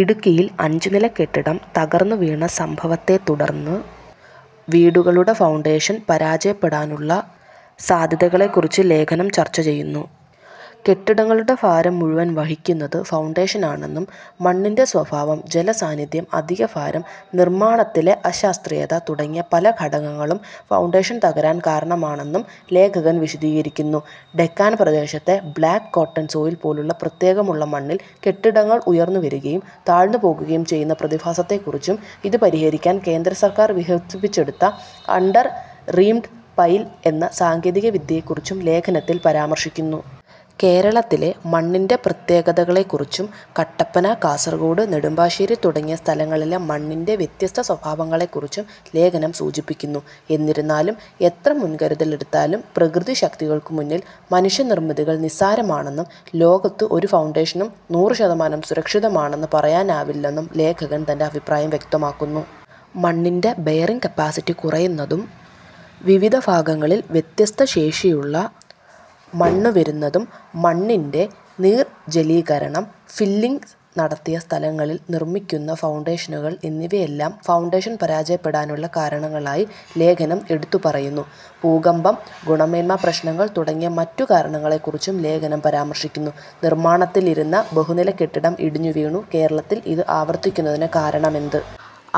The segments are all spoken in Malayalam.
ഇടുക്കിയിൽ അഞ്ചു നില കെട്ടിടം തകർന്നുവീണ സംഭവത്തെത്തുടർന്ന് വീടുകളുടെ ഫൗണ്ടേഷൻ പരാജയപ്പെടാനുള്ള സാധ്യതകളെക്കുറിച്ച് ലേഖനം ചർച്ച ചെയ്യുന്നു. കെട്ടിടങ്ങളുടെ ഭാരം മുഴുവൻ വഹിക്കുന്നത് ഫൗണ്ടേഷനാണെന്നും, മണ്ണിൻ്റെ സ്വഭാവം, ജലസാന്നിധ്യം, അധികഭാരം, നിർമ്മാണത്തിലെ അശാസ്ത്രീയത തുടങ്ങിയ പല ഘടകങ്ങളും ഫൗണ്ടേഷൻ തകരാൻ കാരണമാകുമെന്നും ലേഖകൻ വിശദീകരിക്കുന്നു. ഡെക്കാൻ പ്രദേശത്തെ ബ്ലാക്ക് കോട്ടൺ സോയിൽ പോലുള്ള പ്രത്യേകതകളുള്ള മണ്ണിൽ കെട്ടിടങ്ങൾ ഉയർന്നുവരികയും താഴ്ന്നുപോകുകയും ചെയ്യുന്ന പ്രതിഭാസത്തെക്കുറിച്ചും, ഇത് പരിഹരിക്കാൻ കേന്ദ്രസർക്കാർ വികസിപ്പിച്ചെടുത്ത അണ്ടർ റീംഡ് പൈൽ എന്ന സാങ്കേതികവിദ്യയെക്കുറിച്ചും ലേഖനത്തിൽ പരാമർശിക്കുന്നു. കേരളത്തിലെ മണ്ണിൻ്റെ പ്രത്യേകതകളെക്കുറിച്ചും, കട്ടപ്പന, കാസർകോട്, നെടുമ്പാശ്ശേരി തുടങ്ങിയ സ്ഥലങ്ങളിലെ മണ്ണിൻ്റെ വ്യത്യസ്ത സ്വഭാവങ്ങളെക്കുറിച്ചും ലേഖനം സൂചിപ്പിക്കുന്നു. എന്നിരുന്നാലും, എത്ര മുൻകരുതൽ എടുത്താലും പ്രകൃതി ശക്തികൾക്ക് മുന്നിൽ മനുഷ്യനിർമ്മിതികൾ നിസ്സാരമാണെന്നും, ലോകത്ത് ഒരു ഫൗണ്ടേഷനും നൂറു ശതമാനം സുരക്ഷിതമാണെന്ന് പറയാനാവില്ലെന്നും ലേഖകൻ തൻ്റെ അഭിപ്രായം വ്യക്തമാക്കുന്നു. മണ്ണിൻ്റെ ബെയറിങ് കപ്പാസിറ്റി കുറയുന്നതും, വിവിധ ഭാഗങ്ങളിൽ വ്യത്യസ്ത ശേഷിയുള്ള മണ്ണ് വരുന്നതും, മണ്ണിൻ്റെ നിർജലീകരണം, ഫില്ലിംഗ് നടത്തിയ സ്ഥലങ്ങളിൽ നിർമ്മിക്കുന്ന ഫൗണ്ടേഷനുകൾ എന്നിവയെല്ലാം ഫൗണ്ടേഷൻ പരാജയപ്പെടാനുള്ള കാരണങ്ങളായി ലേഖനം എടുത്തുപറയുന്നു. ഭൂകമ്പം, ഗുണമേന്മാ പ്രശ്നങ്ങൾ തുടങ്ങിയ മറ്റു കാരണങ്ങളെക്കുറിച്ചും ലേഖനം പരാമർശിക്കുന്നു. നിർമാണത്തിലിരുന്ന ബഹുനില കെട്ടിടം ഇടിഞ്ഞു വീണു; കേരളത്തിൽ ഇത് ആവർത്തിക്കുന്നതിന് കാരണമെന്ത്?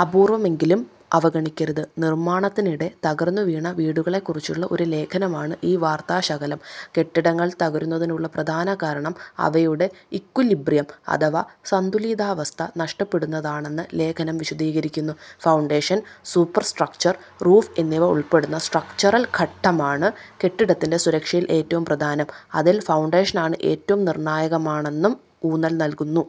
അപൂർവമെങ്കിലും അവഗണിക്കരുത് നിർമ്മാണത്തിനിടെ തകർന്നുവീണ വീടുകളെക്കുറിച്ചുള്ള ഒരു ലേഖനമാണ് ഈ വാർത്താശകലം. കെട്ടിടങ്ങൾ തകരുന്നതിനുള്ള പ്രധാന കാരണം അവയുടെ "ഈക്വലിബ്രിയം" അഥവാ സന്തുലിതാവസ്ഥ നഷ്ടപ്പെടുന്നതാണെന്ന് ലേഖനം വിശദീകരിക്കുന്നു. ഫൗണ്ടേഷൻ, സൂപ്പർ സ്ട്രക്ചർ, റൂഫ് എന്നിവ ഉൾപ്പെടുന്ന സ്ട്രക്ചറൽ ഘട്ടമാണ് കെട്ടിടത്തിന്റെ സുരക്ഷയിൽ ഏറ്റവും പ്രധാനം, അതിൽ ഫൗണ്ടേഷൻ ആണ് ഏറ്റവും നിർണായകമായതെന്നും ഊന്നൽ നൽകുന്നു.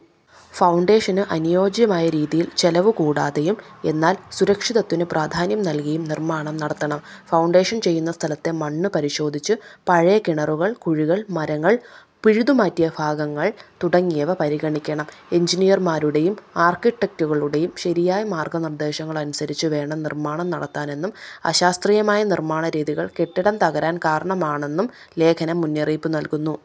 ഫൗണ്ടേഷന് അനുയോജ്യമായ രീതിയിൽ ചെലവ് കൂടാതെയും, എന്നാൽ സുരക്ഷിതത്വത്തിന് പ്രാധാന്യം നൽകിയും നിർമ്മാണം നടത്തണം. ഫൗണ്ടേഷൻ ചെയ്യുന്ന സ്ഥലത്തെ മണ്ണ് പരിശോധിച്ച്, പഴയ കിണറുകൾ, കുഴികൾ, മരങ്ങൾ പിഴുതുമാറ്റിയ ഭാഗങ്ങൾ തുടങ്ങിയവ പരിഗണിക്കണം. എൻജിനീയർമാരുടെയും ആർക്കിടെക്റ്റുകളുടെയും ശരിയായ മാർഗ്ഗനിർദ്ദേശങ്ങൾ അനുസരിച്ച് വേണം നിർമ്മാണം നടത്താനെന്നും, അശാസ്ത്രീയമായ നിർമ്മാണ രീതികൾ കെട്ടിടം തകരാൻ കാരണമാകുമെന്നും ലേഖനം മുന്നറിയിപ്പ് നൽകുന്നു.